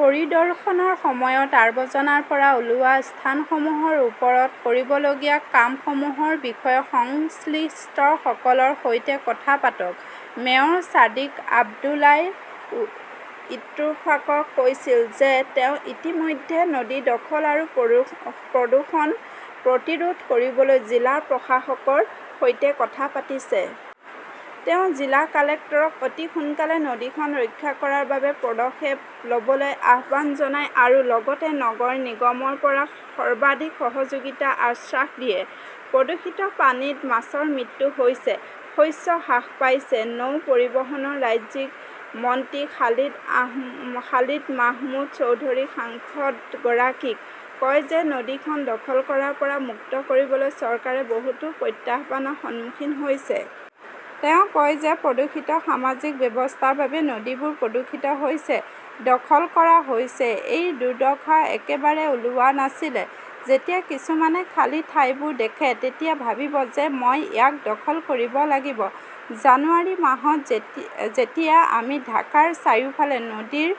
পৰিদৰ্শনৰ সময়ত আৱৰ্জনাৰ পৰা ওলোৱা স্থানসমূহৰ ওপৰত কৰিবলগীয়া কামসমূহৰ বিষয়ে সংশ্লিষ্টসকলৰ সৈতে কথা পাতক। মেয়ৰ ছাদিক আব্দুল্লাই ইত্তেফাকক কৈছিল যে তেওঁ ইতিমধ্যে নদী দখল আৰু প্ৰদূষণ প্ৰতিৰোধ কৰিবলৈ জিলা প্ৰশাসকৰ সৈতে কথা পাতিছে। তেওঁ জিলা কালেক্টৰক অতি সোনকালে নদীখন ৰক্ষা কৰাৰ বাবে পদক্ষেপ লবলৈ আহ্বান জনায় আৰু লগতে নগৰ নিগমৰ পৰা সৰ্বাধিক সহযোগিতাৰ আশ্বাস দিয়ে। প্ৰদূষিত পানীত মাছৰ মৃত্যু হৈছে, শস্য হ্ৰাস পাইছে। নৌ পৰিবহণৰ ৰাজ্যিক মন্ত্ৰী খালিদ মাহমুদ চৌধুৰী সাংসদগৰাকীক কয় যে নদীখন দখল কৰাৰ পৰা মুক্ত কৰিবলৈ চৰকাৰে বহুতো প্ৰত্যাহ্বানৰ সন্মুখীন হৈছে। তেওঁ কয় যে প্ৰদূষিত সামাজিক ব্যৱস্থাৰ বাবে নদীবোৰ প্ৰদূষিত হৈছে, দখল কৰা হৈছে। এই দুৰ্দশা একেবাৰে ওলোৱা নাছিলে, যেতিয়া কিছুমানে খালী ঠাইবোৰ দেখে তেতিয়া ভাবিব যে মই ইয়াক দখল কৰিব লাগিব। জানুৱাৰী মাহত যেতিয়া আমি ঢাকাৰ চাৰিওফালে নদীৰ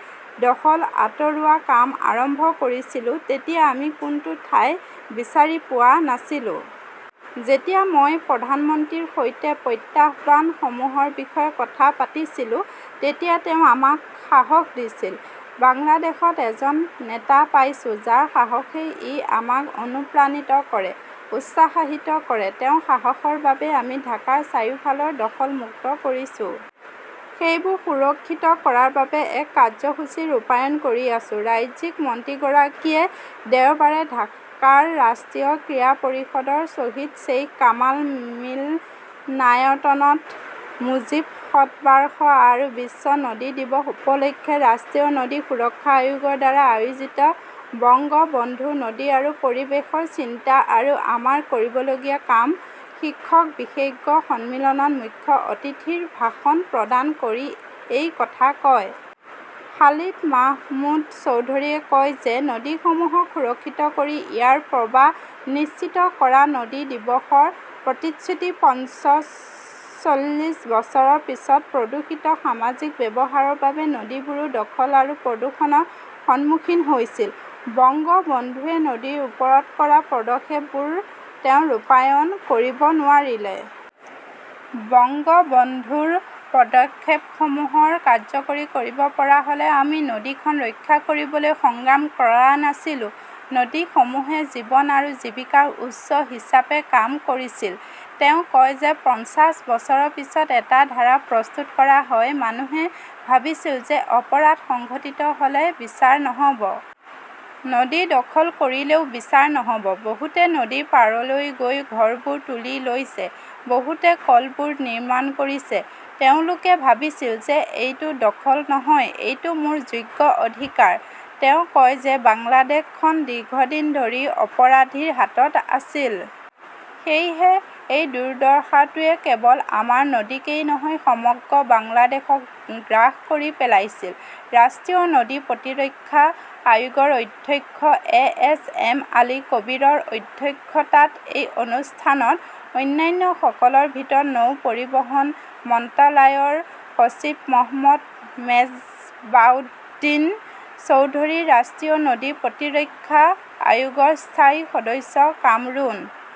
দখল আঁতৰোৱা কাম আৰম্ভ কৰিছিলো তেতিয়া আমি কোনটো ঠাই বিচাৰি পোৱা নাছিলো। যেতিয়া মই প্ৰধানমন্ত্ৰীৰ সৈতে প্ৰত্যাহ্বানসমূহৰ বিষয়ে কথা পাতিছিলোঁ, তেতিয়া তেওঁ আমাক সাহস দিছিল। বাংলাদেশত এজন নেতা পাইছো যাৰ সাহসেই ই আমাক অনুপ্ৰাণিত কৰে, উৎসাহিত কৰে। তেওঁৰ সাহসৰ বাবেই আমি ঢাকাৰ চাৰিওফালৰ দখল মুক্ত কৰিছো। সেইবোৰ সুৰক্ষিত কৰাৰ বাবে এক কাৰ্যসূচী ৰূপায়ণ কৰি আছো। ৰাজ্যিক মন্ত্ৰীগৰাকীয়ে দেওবাৰে ঢাকাৰ ৰাষ্ট্ৰীয় ক্ৰীড়া পৰিষদৰ শ্বহীদ শ্বেইখ কামাল মিলনায়তনত মুজীব শতবাৰ্ষ আৰু বিশ্ব নদী দিৱস উপলক্ষে ৰাষ্ট্ৰীয় নদী সুৰক্ষা আয়োগৰ দ্বাৰা আয়োজিত বঙ্গবন্ধু নদী আৰু পৰিৱেশৰ চিন্তা আৰু আমাৰ কৰিবলগীয়া কাম শীৰ্ষক বিশেষজ্ঞ সন্মিলনত মুখ্য অতিথিৰ ভাষণ প্ৰদান কৰি এই কথা কয়। খালিদ মাহমুদ চৌধুৰীয়ে কয় যে নদীসমূহক সুৰক্ষিত কৰি ইয়াৰ প্ৰবাহ নিশ্চিত কৰা-নদী দিৱসৰ প্ৰতিশ্ৰুতি। পঞ্চচল্লিশ বছৰৰ পিছত প্ৰদূষিত সামাজিক ব্যৱস্থাৰ বাবে নদীবোৰো দখল আৰু প্ৰদূষণৰ সন্মুখীন হৈছিল। বংগবন্ধুৱে নদীৰ ওপৰত কৰা পদক্ষেপবোৰ তেওঁ ৰূপায়ণ কৰিব নোৱাৰিলে। বংগবন্ধুৰ পদক্ষেপসমূহ কাৰ্যকৰী কৰিব পৰা হ'লে আমি নদীখন ৰক্ষা কৰিবলৈ সংগ্ৰাম কৰা নাছিলো। নদীসমূহে জীৱন আৰু জীৱিকাৰ উৎস হিচাপে কাম কৰিছিল। তেওঁ কয় যে পঞ্চাশ বছৰৰ পিছত এটা ধাৰা প্ৰস্তুত কৰা হয়, মানুহে ভাবিছিল যে অপৰাধ সংঘটিত হ'লে বিচাৰ নহব। নদী দখল কৰিলেও বিচাৰ নহব। বহুতে নদীৰ পাৰলৈ গৈ ঘৰবোৰ তুলি লৈছে, বহুতে কলবোৰ নিৰ্মাণ কৰিছে। তেওঁলোকে ভাবিছিল যে এইটো দখল নহয়, এইটো মোৰ যোগ্য অধিকাৰ। তেওঁ কয় যে বাংলাদেশ খন দীৰ্ঘদিন ধৰি অপৰাধীৰ হাতত আছিল। সেয়েহে, এই দুৰ্দশাটোৱে কেৱল আমাৰ নদীকেই নহয়, সমগ্ৰ বাংলাদেশক গ্ৰাস কৰি পেলাইছিল । ৰাষ্ট্ৰীয় নদী প্ৰতিৰক্ষা আয়োগৰ অধ্যক্ষ এ. এছ. এম. আলী কবীৰৰ অধ্যক্ষতাত এই অনুষ্ঠানত অন্যান্যসকলৰ ভিতৰত নৌ পৰিবহণ মন্ত্ৰালয়ৰ সচিব মহম্মদ মেজবাহউদ্দিন চৌধুৰী, ৰাষ্ট্ৰীয় নদী প্ৰতিৰক্ষা আয়োগৰ স্থায়ী সদস্য কামৰুন